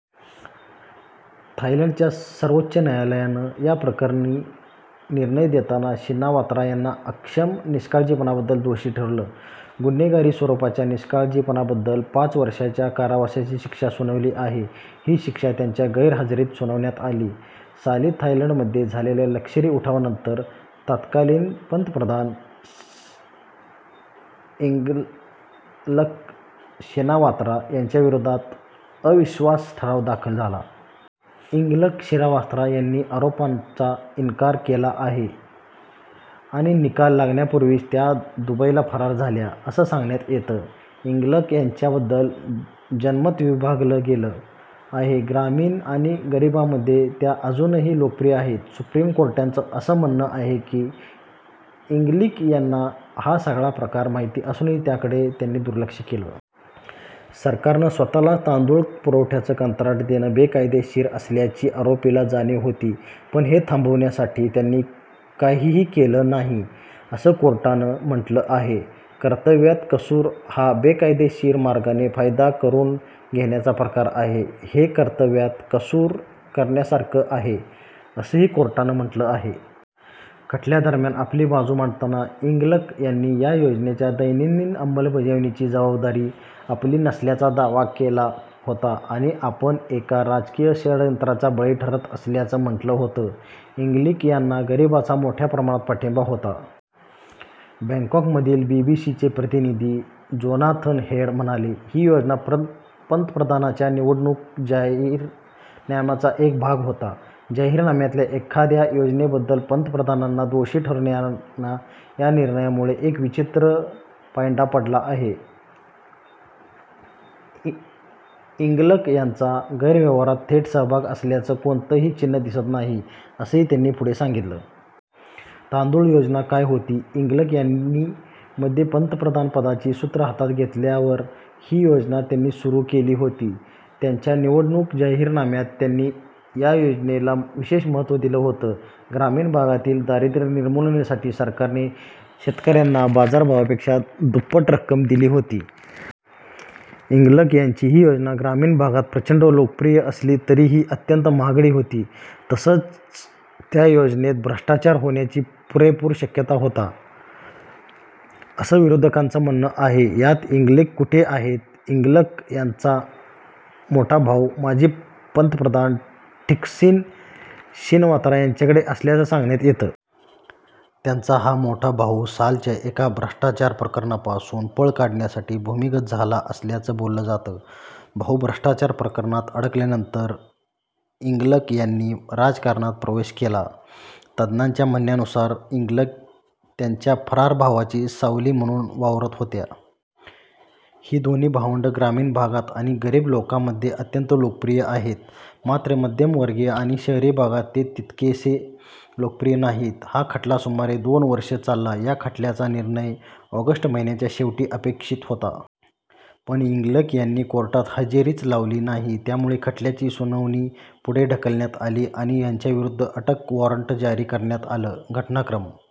थायलंडच्या सर्वोच्च न्यायालयानं या प्रकरणी निर्णय देताना शिनावात्रा यांना अक्षम्य निष्काळजीपणाबद्दल दोषी ठरवलं. गुन्हेगारी स्वरूपाच्या निष्काळजीपणाबद्दल पाच वर्षाच्या कारावासाची शिक्षा सुनावली आहे. ही शिक्षा त्यांच्या गैरहजेरीत सुनावण्यात आली. साली थायलंडमध्ये झालेल्या लष्करी उठावानंतर तत्कालीन पंतप्रधान यिंगलक शिनावात्रा यांच्याविरोधात अविश्वास ठराव दाखल झाला. यिंगलक शिनावात्रा यांनी आरोपांचा इन्कार केला आहे आणि निकाल लागण्यापूर्वीच त्या दुबईला फरार झाल्या असं सांगण्यात येतं. यिंगलक यांच्याबद्दल जनमत विभागलं गेलं आहे. ग्रामीण आणि गरीबांमध्ये त्या अजूनही लोकप्रिय आहेत. सुप्रीम कोर्टाचं असं म्हणणं आहे की, यिंगलिक यांना हा सगळा प्रकार माहिती असूनही त्याकडे त्यांनी दुर्लक्ष केलं. सरकारनं स्वतःलाच तांदूळ पुरवठ्याचं कंत्राट देणं बेकायदेशीर असल्याची आरोपीला जाणीव होती. पण हे थांबवण्यासाठी त्यांनी काहीही केलं नाही, असं कोर्टानं म्हटलं आहे. कर्तव्यात कसूर हा बेकायदेशीर मार्गाने फायदा करून घेण्याचा प्रकार आहे. हे कर्तव्यात कसूर करण्यासारखं आहे, असंही कोर्टानं म्हटलं आहे. खटल्या दरम्यान, आपली बाजू मांडताना यिंगलक यांनी या योजनेच्या दैनंदिन अंमलबजावणीची जबाबदारी आपली नसल्याचा दावा केला होता आणि आपण एका राजकीय षड्यंत्राचा बळी ठरत असल्याचं म्हटलं होतं. यिंगलिक यांना गरिबांचा मोठ्या प्रमाणात पाठिंबा होता. बॅंकॉकमधील बीबीसीचे प्रतिनिधी जोनाथन हेड म्हणाले, ही योजना पंतप्रधानांच्या निवडणूक जाहीरनाम्याचा एक भाग होता. जाहीरनाम्यातल्या एखाद्या योजनेबद्दल पंतप्रधानांना दोषी ठरवणाऱ्या या निर्णयामुळे एक विचित्र पायंडा पडला आहे. यिंगलक यांचा गैरव्यवहारात थेट सहभाग असल्याचं कोणतंही चिन्हं दिसत नाही, असंही त्यांनी पुढे सांगितलं. तांदूळ योजना काय होती? यिंगलक यांनी मध्ये पंतप्रधानपदाची सूत्रं हातात घेतल्यावर ही योजना त्यांनी सुरू केली होती. त्यांच्या निवडणूक जाहीरनाम्यात त्यांनी या योजनेला विशेष महत्त्व दिलं होतं. ग्रामीण भागातील दारिद्र्य निर्मूलनासाठी सरकारने शेतकऱ्यांना बाजारभावापेक्षा दुप्पट रक्क्म दिली होती. यिंगलक यांची ही योजना ग्रामीण भागात प्रचंड लोकप्रिय असली तरीही ती अत्यंत महागडी होती. तसंच त्या योजनेत भ्रष्टाचार होण्याची पुरेपूर शक्यता होता, असं विरोधकांचं म्हणणं आहे. आता यिंगलिक कुठे आहेत? यिंगलक त्यांचा मोठा भाऊ माजी पंतप्रधान ठकसिन शिनवात्रा यांच्याकडे असल्याचं सांगण्यात येतं. त्यांचा हा मोठा भाऊ सालच्या एका भ्रष्टाचार प्रकरणापासून पळ काढण्यासाठी भूमिगत झाला असल्याचं बोललं जातं. भाऊ भ्रष्टाचार प्रकरणात अडकल्यानंतर यिंगलक यांनी राजकारणात प्रवेश केला. तज्ज्ञांच्या म्हणण्यानुसार यिंगलक त्यांच्या फरार भावाची सावली म्हणून वावरत होत्या. ही दोन्ही भावंडं ग्रामीण भागात आणि गरीब लोकांमध्ये अत्यंत लोकप्रिय आहेत. मात्र मध्यमवर्गीय आणि शहरी भागात ते तितकेसे लोकप्रिय नाहीत. हा खटला सुमारे दोन वर्षं चालला. या खटल्याचा निर्णय ऑगस्ट महिन्याच्या शेवटी अपेक्षित होता. पण यिंगलक यांनी कोर्टात हजेरीच लावली नाही. त्यामुळे खटल्याची सुनावणी पुढे ढकलण्यात आली आणि त्यांच्याविरूद्ध अटक वॉरंट जारी करण्यात आलं. घटनाक्रम